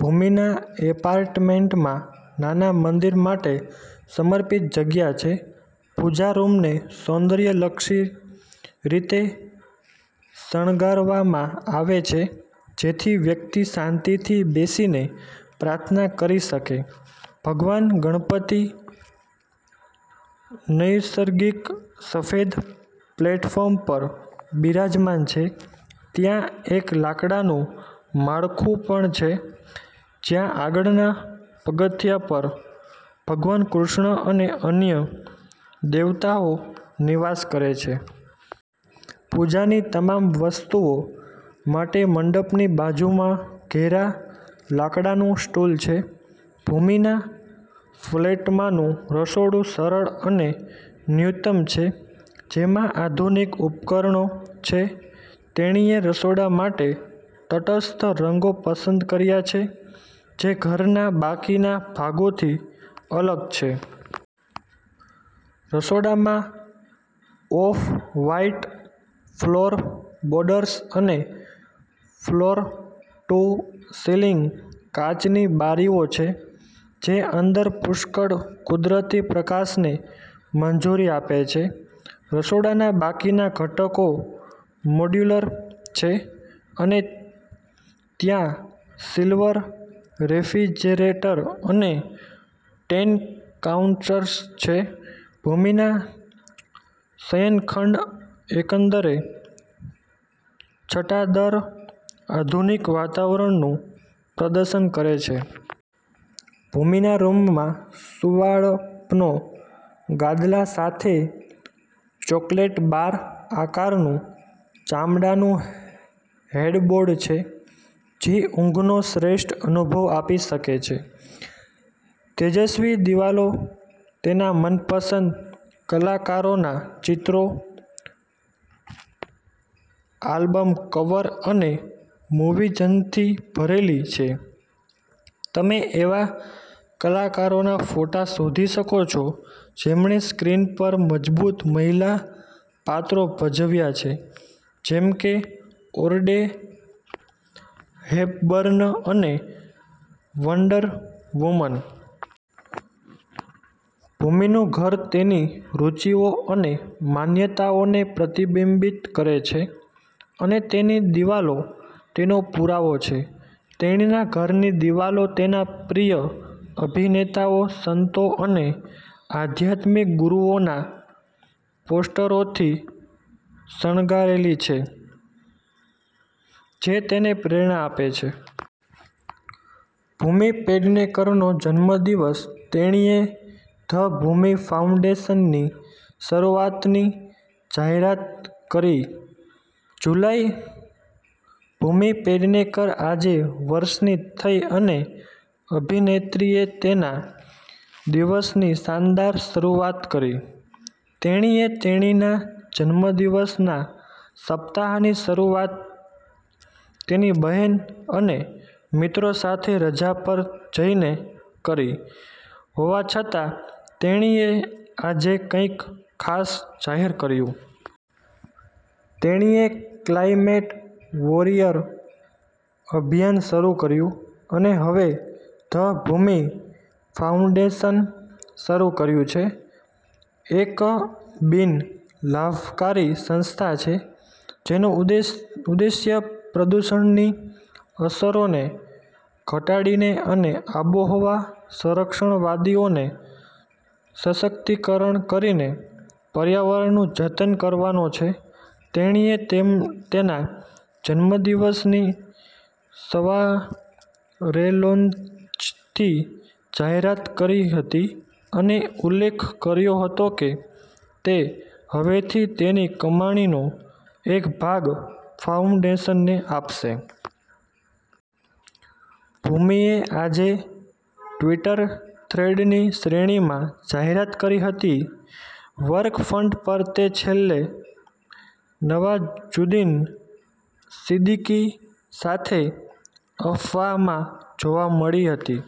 ભૂમિના એપાર્ટમેન્ટમાં નાના મંદિર માટે સમર્પિત જગ્યા છે. પૂજા રૂમને સૌંદર્યલક્ષી રીતે શણગારવામાં આવે છે જેથી વ્યક્તિ શાંતિથી બેસીને પ્રાર્થના કરી શકે. ભગવાન ગણપતિ નૈસર્ગિક સફેદ પ્લેટફોર્મ પર બિરાજમાન છે. ત્યાં એક લાકડાનું માળખું પણ છે જ્યાં આગળના પગથિયાં પર ભગવાન કૃષ્ણ અને અન્ય દેવતાઓ નિવાસ કરે છે. પૂજાની તમામ વસ્તુઓ માટે મંડપની બાજુમાં ઘેરા લાકડાનું સ્ટૂલ છે. ભૂમિના ફ્લેટમાંનું રસોડું સરળ અને ન્યૂનતમ છે જેમાં આધુનિક ઉપકરણો છે. તેણીએ રસોડા માટે તટસ્થ રંગો પસંદ કર્યા છે જે ઘરના બાકીના ભાગોથી અલગ છે. રસોડામાં ઑફ-વ્હાઇટ ફ્લોર બોર્ડ્સ અને ફ્લોર-ટુ-સીલિંગ કાચની બારીઓ છે જે અંદર પુષ્કળ કુદરતી પ્રકાશને મંજૂરી આપે છે. રસોડાના બાકીના ઘટકો મોડ્યુલર છે અને ત્યાં સિલ્વર રેફ્રિજરેટર અને ટેન કાઉન્ટર્સ છે. ભૂમિના શયનખંડ એકંદરે છટાદાર, આધુનિક વાતાવરણનું પ્રદર્શન કરે છે. ભૂમિના રૂમમાં સુંવાળપનો ગાદલા સાથે ચોકલેટ બાર આકારનું ચામડાનું હેડબોર્ડ છે જે ઊંઘનો શ્રેષ્ઠ અનુભવ આપી શકે છે. તેજસ્વી દિવાલો તેના મનપસંદ કલાકારોના ચિત્રો, આલ્બમ કવર અને મૂવીઝથી ભરેલી છે. તમે એવા કલાકારોના ફોટા શોધી શકો છો જેમણે સ્ક્રીન પર મજબૂત મહિલા પાત્રો ભજવ્યા છે જેમ કે ઑડ્રે હેપબર્ન અને વન્ડર વુમન. ભૂમિનું ઘર તેની રુચિઓ અને માન્યતાઓને પ્રતિબિંબિત કરે છે અને તેની દિવાલો તેનો પુરાવો છે. તેણીના ઘરની દિવાલો તેના પ્રિય અભિનેતાઓ, સંતો અને આધ્યાત્મિક ગુરુઓના પોસ્ટરોથી શણગારેલી છે જે તેને પ્રેરણા આપે છે. ભૂમિ પેડનેકરનો જન્મદિવસ તેણીએ "ધ ભૂમિ ફાઉન્ડેશન" ની શરૂઆતની જાહેરાત કરી. જુલાઈ ભૂમિ પેડનેકર આજે વર્ષની થઈ અને અભિનેત્રીએ તેના દિવસની શાનદાર શરૂઆત કરી. તેણીએ તેણીના જન્મદિવસના સપ્તાહની શરૂઆત તેની બહેન અને મિત્રો સાથે રજા પર જઈને કરી હોવા છતાં, તેણીએ આજે કંઈક ખાસ જાહેર કર્યું. તેણીએ ક્લાઇમેટ વોરિયર અભિયાન શરૂ કર્યું અને હવે "ધ ભૂમિ ફાઉન્ડેશન" શરૂ કર્યું છે. એક બિન-લાભકારી સંસ્થા છે જેનો ઉદ્દેશ્ય પ્રદૂષણની અસરોને ઘટાડીને અને આબોહવા સંરક્ષણવાદીઓને સશક્તિકરણ કરીને પર્યાવરણનું જતન કરવાનો છે. તેણીએ તેના જન્મદિવસની સવારેલોન્ચની જાહેરાત કરી હતી અને ઉલ્લેખ કર્યો હતો કે તે હવેથી તેની કમાણીનો એક ભાગ ફાઉન્ડેશનને આપશે. ભૂમિએ આજે ટ્વિટર થ્રેડની શ્રેણીમાં જાહેરાત કરી હતી. વર્ક ફ્રન્ટ પર તે છેલ્લે નવાઝુદ્દીન સિદ્દીકી સાથે "અફવાહ" માં જોવા મળી હતી.